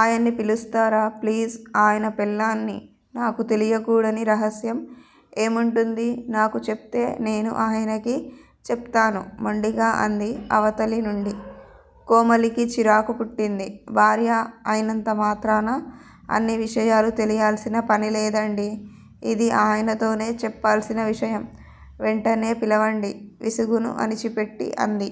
ఆయన్ని పిలుస్తారా? ప్లీజ్. ఆయన పెళ్ళాన్ని నాకు తెలియకూడని రహస్యం ఏముంటుంది? నాకు చెప్తే నేను ఆయనకీ చెప్తాను మొండిగా అంది అవతలినుండి. కోమలికి చిరాకు పుట్టింది. భార్య అయినంతమాత్రాన అన్ని విషయాలూ తెలియాల్సిన పని లేదండీ ఇది ఆయనతోనే చెప్పాల్సిన విషయం. వెంటనే పిలవండి విసుగును అణిచిపెట్టి అంది.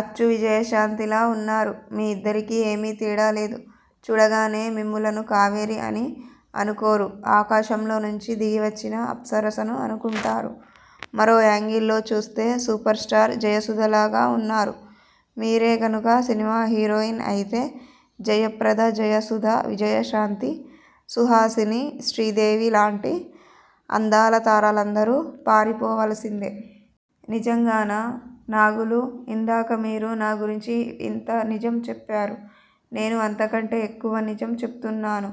అచ్చు విజయశాంతిలా వున్నారు. మీ ఇద్దరికీ ఏమీ తేడాలేదు. చూడగానే మిమ్ములను కావేరి అని అనుకోరు. ఆకాశంలో నుంచి దిగి వచ్చిన అప్సరసను అనుకుంటారు. మరో యాంగిల్ లో చూస్తే సూపర్ స్టార్ జయసుధలాగా వున్నారు. మీరే కనుక సినిమా హీరోయిన్ అయితే జయప్రద-జయసుధ, విజయశాంతి, సుహాసిని, శ్రీదేవి లాంటి అందాలతారలందరూ పారిపోవలసిందే! నిజంగానా నాగులూ! ఇందాక మీరు నా గురించి ఎంత నిజం చెప్పారు? నేనూ అంతకంటే ఎక్కువ నిజం చెప్పుతున్నాను.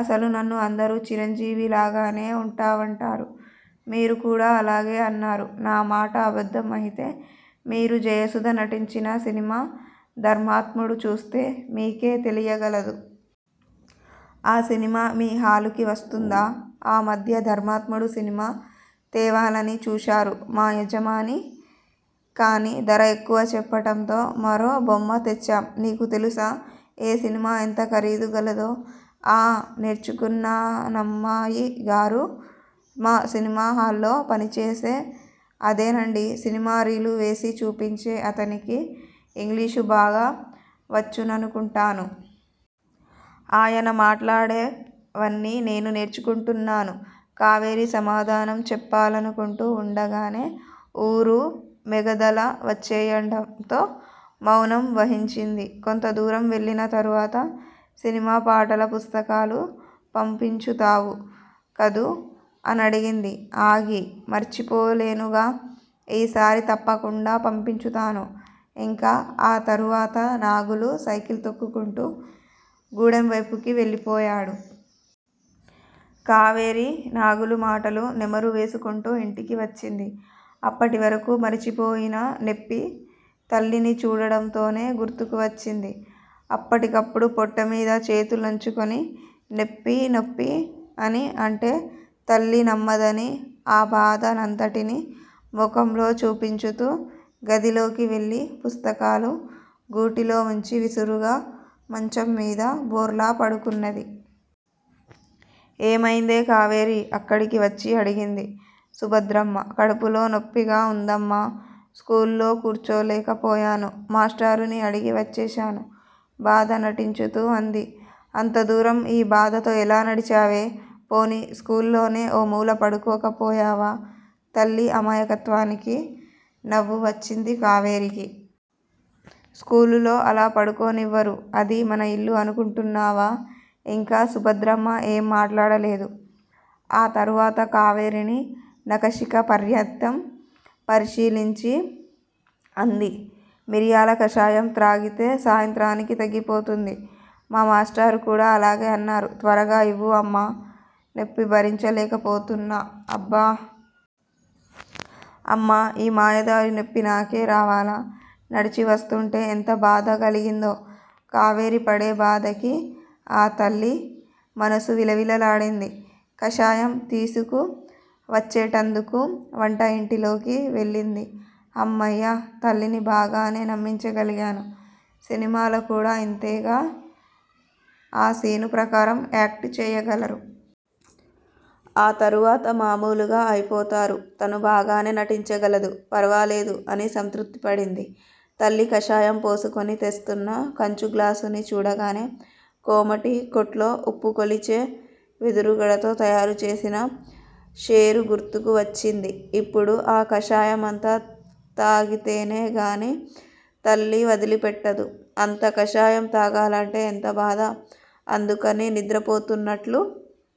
అసలు నన్ను అందరూ చిరంజీవిలాగానే వుంటావంటారు. మీరు కూడా అలాగే అన్నారు. నా మాట అబద్దం అయితే మీరు జయసుధ నటించిన సినిమా ధర్మాత్ముడు చూస్తే మీకే తెలియగలదు. ఆ సినిమా మీ హాలుకి వస్తుందా? ఆ మధ్య ధర్మాత్ముడు సినిమా తేవాలని చూశారు మా యజమాని! కాని ధర ఎక్కువ చెప్పటంతో మరో బొమ్మ తెచ్చాం. నీకూ తెలుసా? ఏసినిమా ఎంత ఖరీదు గలదో? ఆఁ నేర్చుకున్నానమ్మాయిగారూ! మా సినిమాహాల్లో పనిచేసే, అదేనండీ, సినిమా రీలు వేసి చూపించే అతనికి ఇంగ్లీషు బాగా వచ్చుననుకుంటాను! ఆయన మాట్లాడే వన్నీ నేను నేర్చుకుంటున్నాను! కావేరి సమాధానం చెప్పాలనుకుంటూ వుండగానే ఊరు మొగదల వచ్చేయటంతో మౌనం వహించింది. కొంత దూరం వెళ్ళిన తరువాత- సినిమా పాటల పుస్తకాలు పంపించుతావు కదూ? అనడిగింది ఆగి. మరిచి పోలేనుగా ఈ సారి తప్పకుండా పంపించుతాను. ఇంకా ఆ తరువాత నాగులు సైకిల్ తొక్కుకుంటూ గూడెంవైపుకి వెళ్ళిపోయాడు. కావేరి నాగులు మాటలు నెమరు వేసుకుంటూ ఇంటికి వచ్చింది. అప్పటి వరకూ మరిచిపోయిన నెప్పి తల్లిని చూడటంతోనే గుర్తుకు వచ్చింది. అప్పటికప్పుడు పొట్టమీద చేతులుంచుకుని నెప్పి నప్పి అని అంటే తల్లి నమ్మదని, ఆ బాధ నంతటినీ ముఖంలో చూపించుతూ గదిలోకి వెళ్ళి పుస్తకాలు గూటిలో వుంచి విసురుగా మంచం మీద బోర్లా పడుకున్నది. ఏమయిందే కావేరీ! అక్కడికి వచ్చి అడిగింది సుభద్రమ్మ. కడుపులో నెప్పిగా వుందమ్మా! స్కూలులో కూర్చోలేక పోయాను మాష్టారుని అడిగి వచ్చేశాను. బాధ నటించుతూ అంది. అంత దూరం ఈ బాధతో ఎలా నడిచావే? పోనీ స్కూలులోనే ఓ మూల పడుకోక పోయావా? తల్లి అమాయకత్వానికి నవ్వు వచ్చింది కావేరికి. స్కూలులో అలా పడుకోనివ్వరు. అది మన ఇల్లు అనుకుంటున్నావా? ఇంకా సుభద్రమ్మ ఏం మాట్లాడలేదు. ఆ తరువాత కావేరిని నఖశిఖ పర్యంతం పరిశీలించి అంది. మిరియాల కషాయం త్రాగితే సాయంత్రానికి తగ్గి పోతుంది! మా మాష్టారు కూడా అలాగే అన్నారు. త్వరగా ఇవ్వు అమ్మా! నెప్పి భరించలేకపోతున్నా అబ్బా! అమ్మా! ఈ మాయదారి నెప్పి నాకే రావాలా? నడిచి వస్తుంటే ఎంత బాధ గలిగిందో? కావేరి పడే బాధకి ఆ తల్లి మనసు విల విలలాడింది__కషాయం తీసుకు వచ్చేటందుకు వంట ఇంటిలోకి వెళ్ళింది. హమ్మయ్యా! తల్లిని బాగానే నమ్మించ గలిగాను. సినిమాలో కూడా ఇంతేగా! ఆ సీను ప్రకారం యాక్టు చేయగలరు. ఆ తరువాత మామూలుగా అయిపోతారు! తను బాగానే నటించగలదు, ఫరవాలేదు. అని సంతృప్తి పడింది. తల్లి కషాయం పోసుకుని తెస్తున్న కంచు గ్లాసుని చూడగానే కోమటి కొట్లో ఉప్పుకొలిచే వెదురుగడతో తయారుచేసిన శేఠు గుర్తుకు వచ్చింది. ఇప్పుడు ఆ కషాయమంతా త్రాగితేనే గాని తల్లి వదిలి పెట్టదు. అంత కషాయం త్రాగాలంటే ఎంత బాధ? అందుకుని నిద్రపోతున్నట్లు